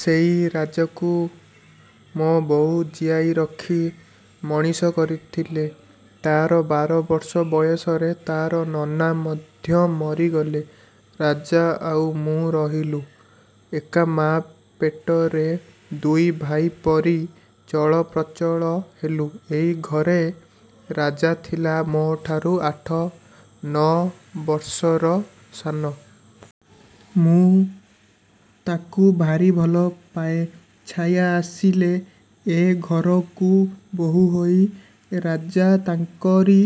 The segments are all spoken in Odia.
ସେଇ ରାଜାକୁ ମୋ ବୋଉ ଜିଆଇ ରଖି ମଣିଷ କରିଥିଲେ। ତା'ର ବାର ବର୍ଷ ବୟସରେ ତା'ର ନନା ମଧ୍ୟ ମରିଗଲେ। ରାଜା ଆଉ ମୁଁ ରହିଲୁ ଏକା ମାଆ ପେଟରେ ଦୁଇ ଭାଇ ପରି। ଚଳ ପ୍ରଚଳ ହେଲୁ ଏଇ ଘରେ। ରାଜା ଥିଲା ମୋଠାରୁ ଆଠ ନଅ ବର୍ଷର ସାନ। ମୁଁ ତାକୁ ଭାରି ଭଲ ପାଏ। ଛାୟା ଆସିଲେ ଏ ଘରକୁ ବୋହୂ ହୋଇ। ରାଜା ତାଙ୍କରି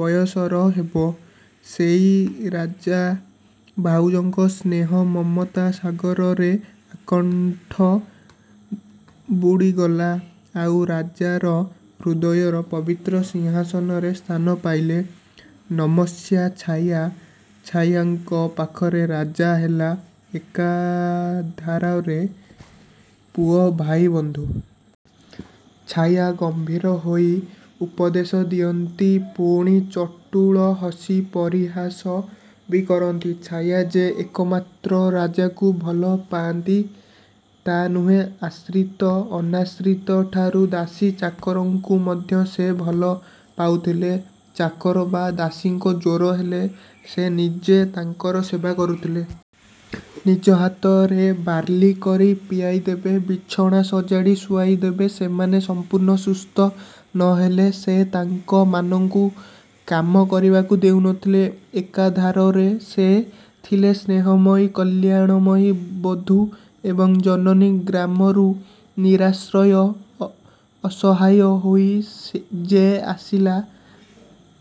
ବୟସର ହେବ। ସେଇ ରାଜା ଭାଉଜଙ୍କ ସ୍ନେହ ମମତା ସାଗରରେ ଆକଣ୍ଠ ବୁଡ଼ିଗଲା। ଆଉ ରାଜାର ହୃଦୟର ପବିତ୍ର ସିଂହାସନରେ ସ୍ଥାନ ପାଇଲେ ନମସ୍ୟା ଛାୟା। ଛାୟାଙ୍କ ପାଖରେ ରାଜା ହେଲା ଏକାଧାରରେ ପୁଅ, ଭାଇ, ବନ୍ଧୁ। ଛାୟା ଗମ୍ଭୀର ହୋଇ ଉପଦେଶ ଦିଅନ୍ତି, ପୁଣି ଚଟୁଳ ହସି ପରିହାସ ବି କରନ୍ତି। ଛାୟା ଯେ ଏକମାତ୍ର ରାଜାକୁ ଭଲ ପାଆନ୍ତି ତା' ନୁହେଁ ଆଶ୍ରିତ ଅନାଶ୍ରିତଠାରୁ ଦାସୀ ଚାକରଙ୍କୁ ମଧ୍ୟ ସେ ଭଲ ପାଉଥିଲେ। ଚାକର ବା ଦାସୀଙ୍କ ଜ୍ୱର ହେଲେ ସେ ନିଜେ ତାଙ୍କର ସେବା କରୁଥିଲେ। ନିଜ ହାତରେ ବାର୍ଲି କରି ପିଆଇ ଦେବେ। ବିଛଣା ସଜାଡ଼ି ଶୁଆଇ ଦେବେ। ସେମାନେ ସମ୍ପୂର୍ଣ୍ଣ ସୁସ୍ଥ ନ ହେଲେ ସେ ତାଙ୍କ ମାନଙ୍କୁ କାମ କରିବାକୁ ଦେଉ ନଥିଲେ। ଏକାଧାରରେ ସେ ଥିଲେ ସ୍ନେହମୟୀ କଲ୍ୟାଣମୟୀ ବଧୂ ଏବଂ ଜନନୀ। ଗ୍ରାମରୁ ନିରାଶ୍ରୟ, ଅସହାୟ ହୋଇ ଯେ ଆସିଲା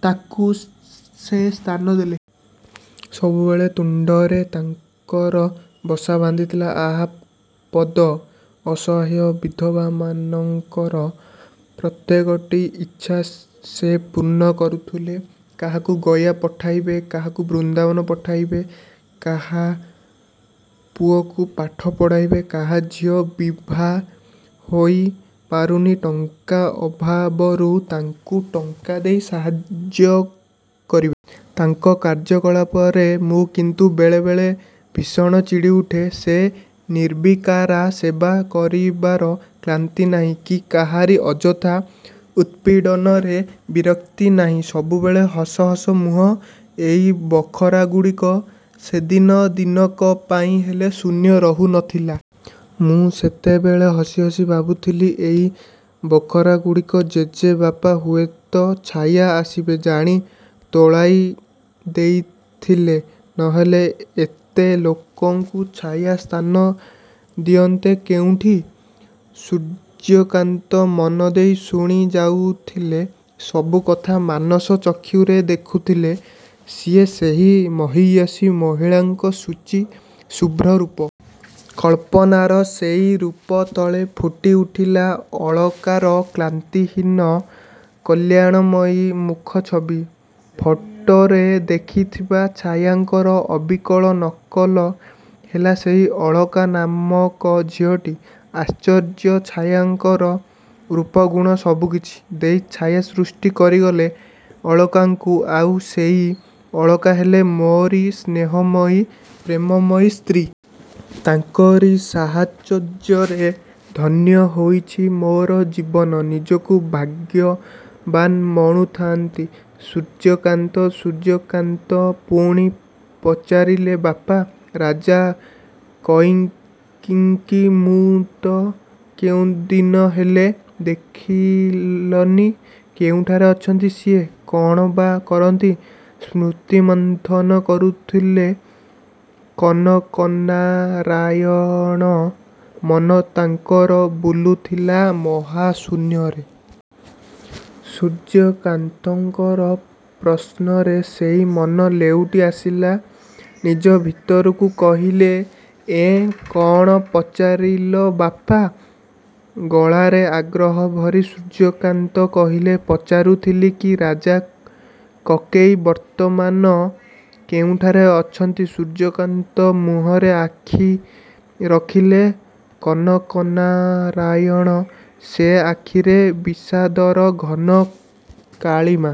ତାକୁ ସେ ସ୍ଥାନ ଦେଲେ। ସବୁବେଳେ ତୁଣ୍ଡରେ ତାଙ୍କର ବସା ବାନ୍ଧିଥିଲା ଆହା ପଦ। ଅସହାୟ ବିଧବାମାନଙ୍କର ପ୍ରତ୍ୟେକଟି ଇଚ୍ଛା ସେ ପୂର୍ଣ୍ଣ କରୁଥିଲେ। କାହାକୁ ଗୟା ପଠାଇବେ, କାହାକୁ ବୃନ୍ଦାବନ ପଠାଇବେ, କାହା ପୁଅକୁ ପାଠ ପଢ଼ାଇବେ, କାହା ଝିଅ ବିଭା ହୋଇ ପାରୁନି ଟଙ୍କା ଅଭାବରୁ ତାକୁ ଟଙ୍କା ଦେଇ ସାହାଯ୍ୟ କରିବେ। ତାଙ୍କ କାର୍ଯ୍ୟକଳାପରେ ମୁଁ କିନ୍ତୁ ବେଳେ ବେଳେ ଭୀଷଣ ଚିଡ଼ି ଉଠେ। ସେ ନିର୍ବିକାରା। ସେବା କରିବାର କ୍ଲାନ୍ତି ନାହିଁ, କି କାହାରି ଅଯଥା ଉତ୍ପୀଡ଼ନରେ ବିରକ୍ତି ନାହିଁ। ସବୁବେଳେ ହସ ହସ ମୁହଁ। ଏଇ ବଖରାଗୁଡ଼ିକ ସେଦିନ ଦିନକ ପାଇଁ ହେଲେ ଶୂନ୍ୟ ରହୁ ନଥିଲା। ମୁଁ ସେତେବେଳେ ହସି ହସି ଭାବୁଥିଲି ଏଇ ବଖରାଗୁଡ଼ିକ ଜେଜେବାପା ହୁଏତ ଛାୟା ଆସିବେ ଜାଣି ତୋଳାଇ ଦେଇଥିଲେ। ନହେଲେ ଏତେ ଲୋକଙ୍କୁ ଛାୟା ସ୍ଥାନ ଦିଅନ୍ତେ କେଉଁଠି? ସୂର୍ଯ୍ୟକାନ୍ତ ମନଦେଇ ଶୁଣି ଯାଉଥିଲେ ସବୁ କଥା ମାନସ ଚକ୍ଷୁରେ ଦେଖୁଥିଲେ ସିଏ ସେହି ମହିୟସୀ ମହିଳାଙ୍କ ଶୁଚି ଶୁଭ୍ର ରୂପ। କଳ୍ପନାର ସେଇ ରୂପ ତଳେ ଫୁଟି ଉଠିଲା ଅଳକାର କ୍ଳାନ୍ତିହୀନ କଲ୍ୟାଣମୟୀ ମୁଖଛବି। ଫଟୋରେ ଦେଖିଥିବା ଛାୟାଙ୍କର ଅବିକଳ ନକଲ ହେଲା ସେଇ ଅଳକା ନାମକ ଝିଅଟି। ଆଶ୍ଚର୍ଯ୍ୟ! ଛାୟାଙ୍କର ରୂପଗୁଣ ସବୁକିଛି ଦେଇ ଛାୟା ସୃଷ୍ଟି କରି ଗଲେ ଅଳକାଙ୍କୁ। ଆଉ ସେଇ ଅଳକା ହେଲେ ମୋରି ସ୍ନେହମୟୀ, ପ୍ରେମମୟୀ ସ୍ତ୍ରୀ। ତାଙ୍କରି ସାହଚର୍ଯ୍ୟରେ ଧନ୍ୟ ହୋଇଛି ମୋର ଜୀବନ। ନିଜକୁ ଭାଗ୍ୟବାନ୍ ମଣୁଥାନ୍ତି ସୂର୍ଯ୍ୟକାନ୍ତ। ସୂର୍ଯ୍ୟକାନ୍ତ ପୁଣି ପଚାରିଲେ ବାପା, ରାଜା କଇଙ୍କିଙ୍କି ମୁଁ ତ କେଉଁଦିନ ହେଲେ ଦେଖିଲନି। କେଉଁଠାରେ ଅଛନ୍ତି ସିଏ? କ'ଣ ବା କରନ୍ତି? ସ୍ମୃତିମନ୍ଥନ କରୁଥିଲେ କନକନାରାୟଣ। ମନ ତାଙ୍କର ବୁଲୁଥିଲା ମହାଶୂନ୍ୟରେ। ସୂର୍ଯ୍ୟକାନ୍ତଙ୍କର ପ୍ରଶ୍ନରେ ସେଇ ମନ ଲେଉଟି ଆସିଲା ନିଜ ଭିତରକୁ। କହିଲେ ଏଁ, କ'ଣ ପଚାରିଲ ବାପା? ଗଳାରେ ଆଗ୍ରହ ଭରି ସୂର୍ଯ୍ୟକାନ୍ତ କହିଲେ ପଚାରୁଥିଲି କି ରାଜା କକେଇ ବର୍ତ୍ତମାନ କେଉଁଠାରେ ଅଛନ୍ତି। ସୂର୍ଯ୍ୟକାନ୍ତ ମୁହଁରେ ଆଖି ରଖିଲେ କନକନାରାୟଣ। ସେ ଆଖିରେ ବିଷାଦର ଘନ କାଳିମା।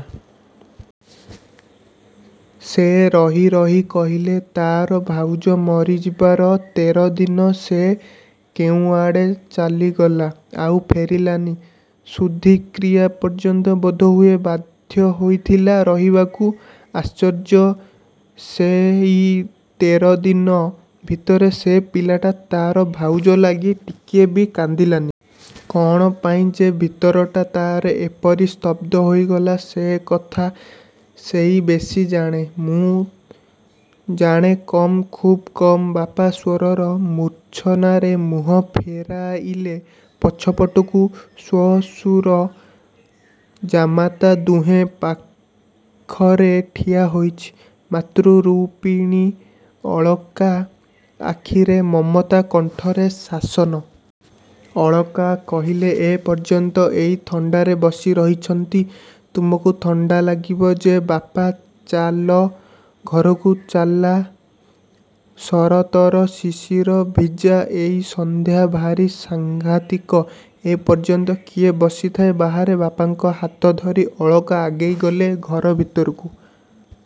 ସେ ରହି ରହି କହିଲେ ତା'ର ଭାଉଜ ମରିଯିବାର ତେର ଦିନ ସେ କେଉଁଆଡ଼େ ଚାଲିଗଲା। ଆଉ ଫେରିଲାନି। ଶୁଦ୍ଧିକ୍ରିୟା ପର୍ଯ୍ୟନ୍ତ ବୋଧହୁଏ ବାଧ୍ୟ ହୋଇଥିଲା ରହିବାକୁ। ଆଶ୍ଚର୍ଯ୍ୟ! ସେଇ ତେର ଦିନ ଭିତରେ ସେ ପିଲାଟା ତା'ର ଭାଉଜ ଲାଗି ଟିକିଏ ବି କାନ୍ଦିଲାନି। କ'ଣ ପାଇଁ ଯେ ଭିତରଟା ତା'ର ଏପରି ସ୍ତବ୍ଧ ହୋଇଗଲା ସେକଥା ସେଇ ବେଶି ଜାଣେ। ମୁଁ ଜାଣେ କମ୍, ଖୁବ୍ କମ୍। ବାପା, ସ୍ୱରର ମୂର୍ଚ୍ଛନାରେ ମୁହଁ ଫେରାଇଲେ ପଛପଟକୁ ଶ୍ୱଶୁର ଜାମାତା ଦୁହେଁ। ପାଖରେ ଠିଆ ହୋଇଛି ମାତୃରୂପିଣୀ ଅଳକା। ଆଖିରେ ମମତା, କଣ୍ଠରେ ଶାସନ। ଅଳକା କହିଲେ ଏପର୍ଯ୍ୟନ୍ତ ଏଇ ଥଣ୍ଡାରେ ବସି ରହିଛନ୍ତି। ତୁମକୁ ଥଣ୍ଡା ଲାଗିବ ଯେ ବାପା। ଚାଲ, ଘରକୁ ଚାଲା। ଶରତର ଶିଶିର ଭିଜା ଏଇ ସନ୍ଧ୍ୟା ଭାରି ସାଂଘାତିକ। ଏପର୍ଯ୍ୟନ୍ତ କିଏ ବସିଥାଏ ବାହାରେ! ବାପାଙ୍କ ହାତ ଧରି ଅଳକା ଆଗେଇ ଗଲେ ଘର ଭିତରକୁ।